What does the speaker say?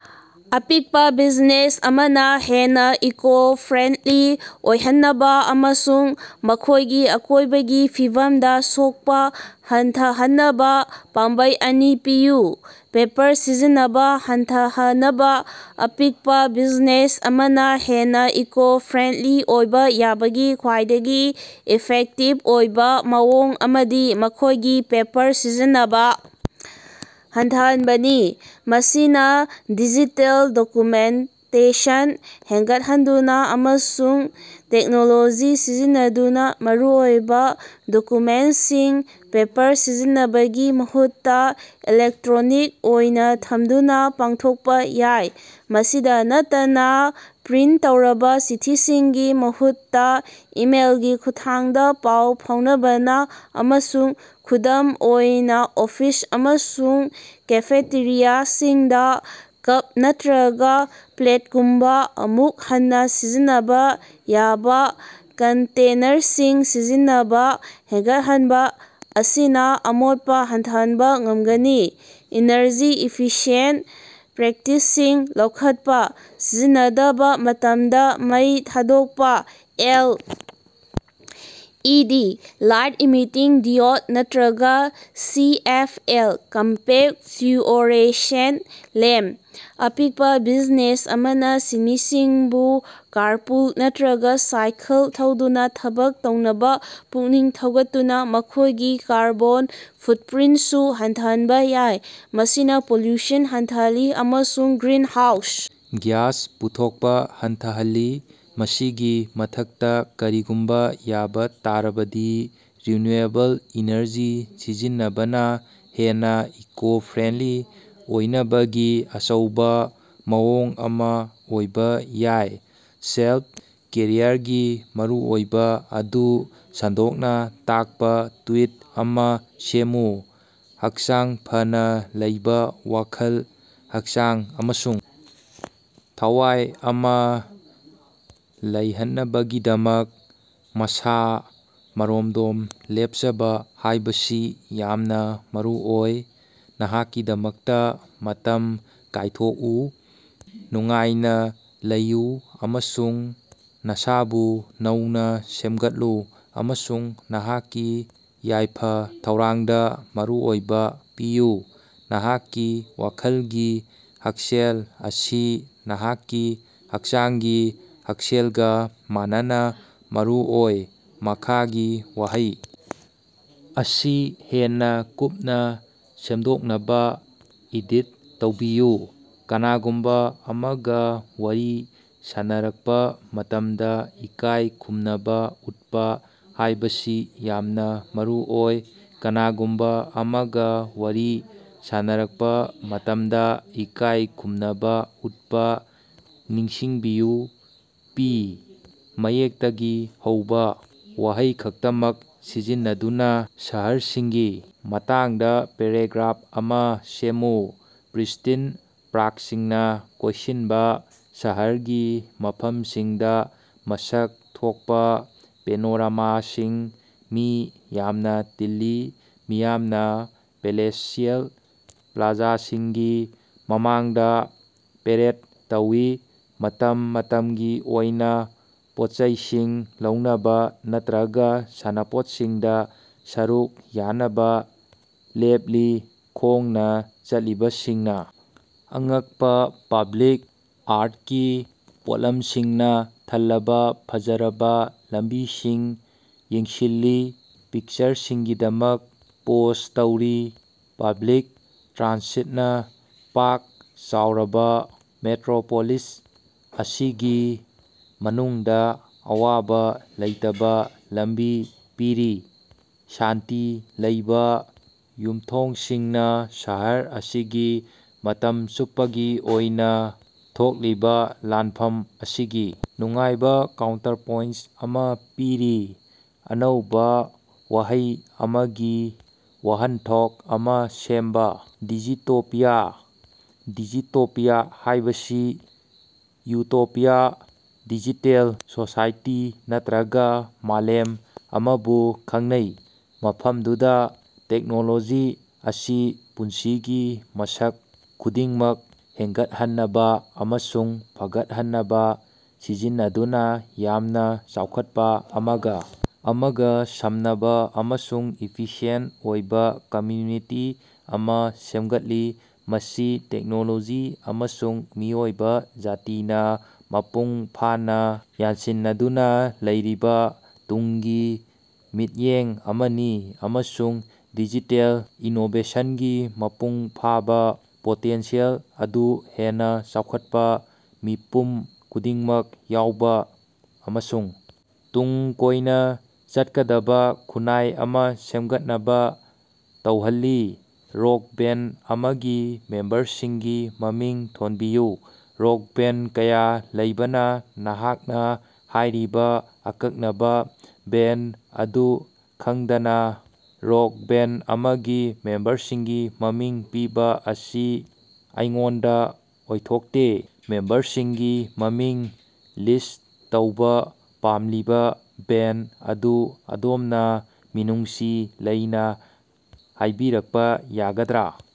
ꯑꯄꯤꯛꯄ ꯕꯤꯖꯤꯅꯦꯁ ꯑꯃꯅ ꯍꯦꯟꯅ ꯏꯀꯣ-ꯐ꯭ꯔꯦꯟꯗꯂꯤ ꯑꯣꯏꯍꯟꯅꯕ ꯑꯃꯁꯨꯡ ꯃꯈꯣꯏꯒꯤ ꯑꯀꯣꯏꯕꯒꯤ ꯐꯤꯕꯝꯗ ꯁꯣꯛꯄ ꯍꯟꯊꯍꯟꯅꯕ ꯄꯥꯝꯕꯩ ꯑꯅꯤ ꯄꯤꯌꯨ꯫ ꯄꯦꯄꯔ ꯁꯤꯖꯤꯟꯅꯕ ꯍꯟꯊꯍꯅꯕ: ꯑꯄꯤꯛꯄ ꯕꯤꯖꯤꯅꯦꯁ ꯑꯃꯅ ꯍꯦꯟꯅ ꯏꯀꯣ-ꯐ꯭ꯔꯦꯟꯗꯂꯤ ꯑꯣꯏꯕ ꯌꯥꯕꯒꯤ ꯈ꯭ꯋꯥꯏꯗꯒꯤ ꯏꯐꯦꯛꯇꯤꯕ ꯑꯣꯏꯕ ꯃꯑꯣꯡ ꯑꯃꯗꯤ ꯃꯈꯣꯏꯒꯤ ꯄꯦꯄꯔ ꯁꯤꯖꯤꯟꯅꯕ ꯍꯟꯊꯍꯟꯕꯅꯤ꯫ ꯃꯁꯤ ꯅ ꯗꯤꯖꯤꯇꯦꯜ ꯗꯣꯀꯨꯃꯦꯟꯇꯦꯁꯟ ꯍꯦꯡꯒꯠꯍꯟꯗꯨꯅ ꯑꯃꯁꯨꯡ ꯇꯦꯛꯅꯣꯂꯣꯖꯤ ꯁꯤꯖꯤꯟꯅꯗꯨꯅ ꯃꯔꯨꯑꯣꯏꯕ ꯗꯣꯀꯨꯃꯦꯟꯠꯁꯤꯡ ꯄꯦꯄꯔ ꯁꯤꯖꯤꯟꯅꯕꯒꯤ ꯃꯍꯨꯠꯇ ꯏꯂꯦꯛꯇ꯭ꯔꯣꯅꯤꯛ ꯑꯣꯏꯅ ꯊꯝꯗꯨꯅ ꯄꯥꯡꯊꯣꯛꯄ ꯌꯥꯏ꯫ ꯃꯁꯤꯗ ꯅꯠꯇꯅ, ꯄ꯭ꯔꯤꯟꯠ ꯇꯧꯔꯕ ꯆꯤꯊꯤꯁꯤꯡꯒꯤ ꯃꯍꯨꯠꯇ ꯏꯃꯦꯏꯜꯒꯤ ꯈꯨꯠꯊꯥꯡꯗ ꯄꯥꯎ ꯐꯥꯎꯅꯕꯅ ꯑꯃꯁꯨꯡ ꯈꯨꯗꯝ ꯑꯣꯏꯅ ꯑꯣꯐꯤꯁ ꯑꯃꯁꯨꯡ ꯀꯦꯐꯦꯇꯦꯔꯤꯌꯥꯁꯤꯡꯗ ꯀꯞ ꯅꯠꯇ꯭ꯔꯒ ꯄ꯭ꯂꯦꯠꯒꯨꯝꯕ ꯑꯃꯨꯛ ꯍꯟꯅ ꯁꯤꯖꯤꯟꯅꯕ ꯌꯥꯕꯥ ꯀꯟꯇꯦꯅꯔꯁꯤꯡ ꯁꯤꯖꯤꯟꯅꯕ ꯍꯦꯡꯒꯠꯍꯟꯕ ꯑꯁꯤꯅ ꯑꯃꯣꯠꯄ ꯍꯟꯊꯍꯟꯕ ꯉꯝꯒꯅꯤ꯫ ꯏꯅ꯭ꯔꯖꯤ ꯏꯐꯤꯁꯤꯌꯦꯟꯠ ꯄ꯭ꯔꯦꯛꯇꯤꯁꯁꯤꯡ ꯂꯧꯈꯠꯄ: ꯁꯤꯖꯤꯟꯅꯗꯕ ꯃꯇꯝꯗ ꯃꯩ ꯊꯥꯗꯣꯛꯄꯥ, L. E. D. (Light emitting ꯗꯤꯑꯣꯏꯗ) ꯅꯠꯇꯔꯒ ꯁꯤ. ꯑꯦꯐ. ꯑꯦꯜ.(ꯀꯝꯄꯦꯛ ꯐ꯭ꯂꯨꯑꯣꯔꯦꯁꯦꯟꯠ ꯂꯦꯝꯕ), ꯑꯄꯤꯛꯄ ꯕꯤꯖꯤꯅꯦꯁ ꯑꯃꯅ ꯁꯤꯟꯃꯤꯁꯤꯡꯕꯨ ꯀꯥꯔꯄꯨꯜ ꯅꯠꯇꯔꯒ ꯁꯥꯏꯀꯜ ꯊꯧꯗꯨꯅ ꯊꯕꯛ ꯇꯧꯅꯕ ꯄꯨꯛꯅꯤꯡ ꯊꯧꯒꯠꯇꯨꯅ ꯃꯈꯣꯏꯒꯤ ꯀꯥꯔꯕꯣꯟ ꯐꯨꯠꯄ꯭ꯔꯤꯟꯠꯁꯨ ꯍꯟꯊꯍꯟꯕ ꯌꯥꯏ, ꯃꯁꯤꯅ ꯄꯣꯂꯨꯁꯟ ꯍꯟꯊꯍꯜꯂꯤ ꯑꯃꯁꯨꯡ ꯒ꯭ꯔꯤꯟꯍꯥꯎꯁ ꯒ꯭ꯌꯥꯁ ꯄꯨꯊꯣꯛꯄꯥ ꯍꯟꯊꯍꯜꯂꯤ꯫ ꯃꯁꯤꯒꯤ ꯃꯊꯛꯇ, ꯀꯔꯤꯒꯨꯝꯕ ꯌꯥꯕ ꯇꯥꯔꯕꯗꯤ ꯔꯤꯅ꯭ꯌꯨꯑꯦꯕꯜ ꯏꯅ꯭ꯔꯖꯤ ꯁꯤꯖꯤꯟꯅꯕꯅ ꯍꯦꯟꯅꯥ ꯏꯀꯣ-ꯐ꯭ꯔꯦꯟꯗꯂꯤ ꯑꯣꯏꯅꯕꯒꯤ ꯑꯆꯧꯕ ꯃꯑꯣꯡ ꯑꯃ ꯑꯣꯏꯕ ꯌꯥꯏ꯫ ꯁꯦꯜꯐ-ꯀꯦꯌꯔꯒꯤ ꯃꯔꯨꯑꯣꯏꯕ ꯑꯗꯨ ꯁꯟꯗꯣꯛꯅ ꯇꯥꯛꯄ ꯇ꯭ꯋꯤꯠ ꯑꯃ ꯁꯦꯝꯃꯨ꯫ ꯍꯛꯆꯥꯡ ꯐꯅ ꯂꯩꯕ ꯋꯥꯈꯜ, ꯍꯛꯆꯥꯡ ꯑꯃꯁꯨꯡ ꯊꯋꯥꯏ ꯑꯃ ꯂꯩꯍꯟꯅꯕꯒꯤꯗꯃꯛ ꯃꯁꯥ-ꯃꯔꯣꯝꯗꯣꯝ ꯂꯦꯞꯆꯕ ꯍꯥꯏꯕꯁꯤ ꯌꯥꯝꯅ ꯃꯔꯨꯑꯣꯏ꯫ ꯅꯍꯥꯛꯀꯤꯗꯃꯛꯇ ꯃꯇꯝ ꯀꯥꯏꯊꯣꯛꯎ, ꯅꯨꯡꯉꯥꯏꯅ ꯂꯩꯌꯨ ꯑꯃꯁꯨꯡ ꯅꯁꯥꯕꯨ ꯅꯧꯅ ꯁꯦꯝꯒꯠꯂꯨ ꯑꯃꯁꯨꯡ ꯅꯍꯥꯛꯀꯤ ꯌꯥꯏꯐ-ꯊꯧꯔꯥꯡꯗ ꯃꯔꯨꯑꯣꯏꯕ ꯄꯤꯌꯨ꯫ ꯅꯍꯥꯛꯀꯤ ꯋꯥꯈꯜꯒꯤ ꯍꯛꯁꯦꯜ ꯑꯁꯤ ꯅꯍꯥꯛꯀꯤ ꯍꯛꯆꯥꯡꯒꯤ ꯍꯛꯁꯦꯜꯒ ꯃꯥꯟꯅꯅ ꯃꯔꯨꯑꯣꯏ꯫ ꯃꯈꯥꯒꯤ ꯋꯥꯍꯩ ꯑꯁꯤ ꯍꯦꯟꯅ ꯀꯨꯞꯅ ꯁꯦꯝꯗꯣꯛꯅꯕ ꯑꯦꯗꯤꯠ ꯇꯧꯕꯤꯌꯨ: "ꯀꯅꯥꯒꯨꯝꯕ ꯑꯃꯒ ꯋꯥꯔꯤ ꯁꯥꯅꯔꯛꯄ ꯃꯇꯝꯗ ꯏꯀꯥꯏ ꯈꯨꯝꯅꯕ ꯎꯠꯄ ꯍꯥꯏꯕꯁꯤ ꯌꯥꯝꯅ ꯃꯔꯨꯑꯣꯏ꯫ "ꯀꯅꯥꯒꯨꯝꯕ ꯑꯃꯒ ꯋꯥꯔꯤ ꯁꯥꯅꯔꯛꯄ ꯃꯇꯝꯗ ꯏꯀꯥꯏ ꯈꯨꯝꯅꯕ ꯎꯠꯄ ꯅꯤꯡꯁꯤꯡꯕꯤꯌꯨ꯫ "ꯄꯤ" ꯃꯌꯦꯛꯇꯒꯤ ꯍꯧꯕ ꯋꯥꯍꯩ ꯈꯛꯇꯃꯛ ꯁꯤꯖꯤꯟꯅꯗꯨꯅ ꯁꯍ꯭ꯔꯁꯤꯡꯒꯤ ꯃꯇꯥꯡꯗ ꯄꯦꯔꯥꯒ꯭ꯔꯥꯐ ꯑꯃꯥ ꯁꯦꯝꯃꯨ꯫ ꯄ꯭ꯔꯤꯁ꯭ꯇꯤꯟ ꯄꯥ꯭ꯔꯛꯁꯤꯡꯅ ꯀꯣꯏꯁꯤꯟꯕ ꯁꯍꯔꯒꯤ ꯃꯐꯝꯁꯤꯡꯗ ꯃꯁꯛ ꯊꯣꯛꯄ ꯄꯦꯅꯣꯔꯥꯃꯥꯁꯤꯡ ꯃꯤ ꯌꯥꯝꯅ ꯇꯤꯜꯂꯤ꯫ ꯃꯤꯌꯥꯝꯅ ꯄꯦꯂꯦꯁꯤꯑꯦꯜ ꯄ꯭ꯂꯥꯖꯥꯁꯤꯡꯒꯤ ꯃꯃꯥꯡꯗꯥ ꯄꯦꯔꯦꯗ ꯇꯧꯏ, ꯃꯇꯝ ꯃꯇꯝꯒꯤ ꯑꯣꯏꯅ ꯄꯣꯠꯆꯩꯁꯤꯡ ꯂꯧꯅꯕ ꯅꯠꯇ꯭ꯔꯒ ꯁꯥꯟꯅꯄꯣꯠꯁꯤꯡꯗ ꯁꯔꯨꯛ ꯌꯥꯅꯕ ꯂꯦꯞꯂꯤ꯫ ꯈꯣꯡꯅ ꯆꯠꯂꯤꯕꯁꯤꯡꯅꯥ ꯑꯉꯛꯄ ꯄꯕ꯭ꯂꯤꯛ ꯑꯥ꯭ꯔꯠꯀꯤ ꯄꯣꯠꯂꯝꯁꯤꯡꯅ ꯊꯜꯂꯕ ꯐꯖꯔꯕ ꯂꯝꯕꯤꯁꯤꯡ ꯌꯦꯡꯁꯤꯜꯂꯤ, ꯄꯤꯛꯆꯔꯁꯤꯡꯒꯤꯗꯃꯛ ꯄꯣꯖ ꯇꯧꯔꯤ꯫ ꯄꯕ꯭ꯂꯤꯛ ꯇ꯭ꯔꯥꯟꯁꯤꯠꯅ ꯄꯥꯛ ꯆꯥꯎꯔꯕ ꯃꯦꯇ꯭ꯔꯣꯄꯣꯂꯤꯁ ꯑꯁꯤꯒꯤ ꯃꯅꯨꯡꯗ ꯑꯋꯥꯕ ꯂꯩꯇꯕ ꯂꯝꯕꯤ ꯄꯤꯔꯤ꯫ ꯁꯥꯟꯇꯤ ꯂꯩꯕ ꯌꯨꯃꯊꯣꯡꯁꯤꯡꯅ ꯁꯍꯔ ꯑꯁꯤꯒꯤ ꯃꯇꯝ ꯆꯨꯞꯄꯒꯤ ꯑꯣꯏꯅ ꯊꯣꯛꯂꯤꯕ ꯂꯥꯟꯐꯝ ꯑꯁꯤꯒꯤ ꯅꯨꯡꯉꯥꯏꯕ ꯀꯥꯎꯟꯇ꯭ꯔꯄꯣꯏꯟꯠ ꯑꯃ ꯄꯤꯔꯤ꯫ ꯑꯅꯧꯕꯥ ꯋꯥꯍꯩ ꯑꯃꯒꯤ ꯋꯥꯍꯟꯊꯣꯛ ꯑꯃꯥ ꯁꯦꯝꯕꯥ: "ꯗꯤꯖꯤꯇꯣꯄꯤꯌꯥ"꯫ ꯗꯤꯖꯤꯇꯣꯄꯤꯌꯥ ꯍꯥꯏꯕꯁꯤ ꯌꯨꯇꯣꯄꯤꯌꯥꯟ ꯗꯤꯖꯤꯇꯦꯜ ꯁꯣꯁꯥꯏꯇꯤ ꯅꯠꯇ꯭ꯔꯒ ꯃꯥꯂꯦꯝ ꯑꯃꯕꯨ ꯈꯪꯅꯩ, ꯃꯐꯝꯗꯨꯗ ꯇꯦꯛꯅꯣꯂꯣꯖꯤ ꯑꯁꯤ ꯄꯨꯟꯁꯤꯒꯤ ꯃꯁꯛ ꯈꯨꯗꯤꯡꯃꯛ ꯍꯦꯡꯒꯠꯍꯟꯅꯕ ꯑꯃꯁꯨꯡ ꯐꯒꯠꯍꯟꯅꯕ ꯁꯤꯖꯤꯟꯅꯗꯨꯅ ꯌꯥꯝꯅ ꯆꯥꯎꯈꯠꯄ, ꯑꯃꯒ ꯑꯃꯒ ꯁꯝꯅꯕ ꯑꯃꯁꯨꯡ ꯏꯐꯤꯁꯤꯑꯦꯟꯠ ꯑꯣꯏꯕ ꯀꯝꯃ꯭ꯌꯨꯅꯤꯇꯤ ꯑꯃ ꯁꯦꯃꯒꯠꯂꯤ꯫ ꯃꯁꯤ ꯇꯦꯛꯅꯣꯂꯣꯖꯤ ꯑꯃꯁꯨꯡ ꯃꯤꯑꯣꯏꯕ ꯖꯥꯇꯤꯅ ꯃꯄꯨꯡ ꯐꯥꯅ ꯌꯥꯟꯁꯤꯟꯅꯗꯨꯅ ꯂꯩꯔꯤꯕ ꯇꯨꯡꯒꯤ ꯃꯤꯠꯌꯦꯡ ꯑꯃꯅꯤ, ꯑꯃꯁꯨꯡ ꯗꯤꯖꯤꯇꯦꯜ ꯏꯅꯣꯕꯦꯁꯟꯒꯤ ꯃꯄꯨꯡ ꯐꯥꯕ ꯄꯣꯇꯦꯟꯁꯤꯌꯦꯜ ꯑꯗꯨ ꯍꯦꯟꯅ ꯆꯥꯎꯈꯠꯄ, ꯃꯤꯄꯨꯝ ꯈꯨꯗꯤꯡꯃꯛ ꯌꯥꯎꯕ ꯑꯃꯁꯨꯡ ꯇꯨꯡ ꯀꯣꯏꯅ ꯆꯠꯀꯗꯕ ꯈꯨꯟꯅꯥꯏ ꯑꯃꯥ ꯁꯦꯃꯒꯠꯅꯕ ꯇꯧꯍꯜꯂꯤ꯫ ꯔꯣꯛ ꯕꯦꯟꯗ ꯑꯃꯒꯤ ꯃꯦꯝꯕꯔꯁꯤꯡꯒꯤ ꯃꯃꯤꯡ ꯊꯣꯟꯕꯤꯌꯨ꯫ ꯔꯣꯛ ꯕꯦꯟꯗ ꯀꯌꯥ ꯂꯩꯕꯅ ꯅꯍꯥꯛꯅ ꯍꯥꯏꯔꯤꯕ ꯑꯀꯛꯅꯕ ꯕꯦꯟꯗ ꯑꯗꯨ ꯈꯪꯗꯅ ꯔꯣꯛ ꯕꯦꯟꯗ ꯑꯃꯒꯤ ꯃꯦꯝꯕꯔꯁꯤꯡꯒꯤ ꯃꯃꯤꯡ ꯄꯤꯕ ꯑꯁꯤ ꯑꯩꯉꯣꯟꯗꯥ ꯑꯣꯏꯊꯣꯛꯇꯦ꯫ ꯃꯦꯝꯕꯔꯁꯤꯡꯒꯤ ꯃꯃꯤꯡ ꯂꯤꯁ꯭ꯠ ꯇꯧꯕ ꯄꯥꯝꯂꯤꯕ ꯕꯦꯟꯗ ꯑꯗꯨ ꯑꯗꯣꯝꯅ ꯃꯤꯅꯨꯡꯁꯤ ꯂꯩꯅꯥ ꯍꯥꯏꯕꯤꯔꯛꯄꯥ ꯌꯥꯒꯗ꯭ꯔꯥ?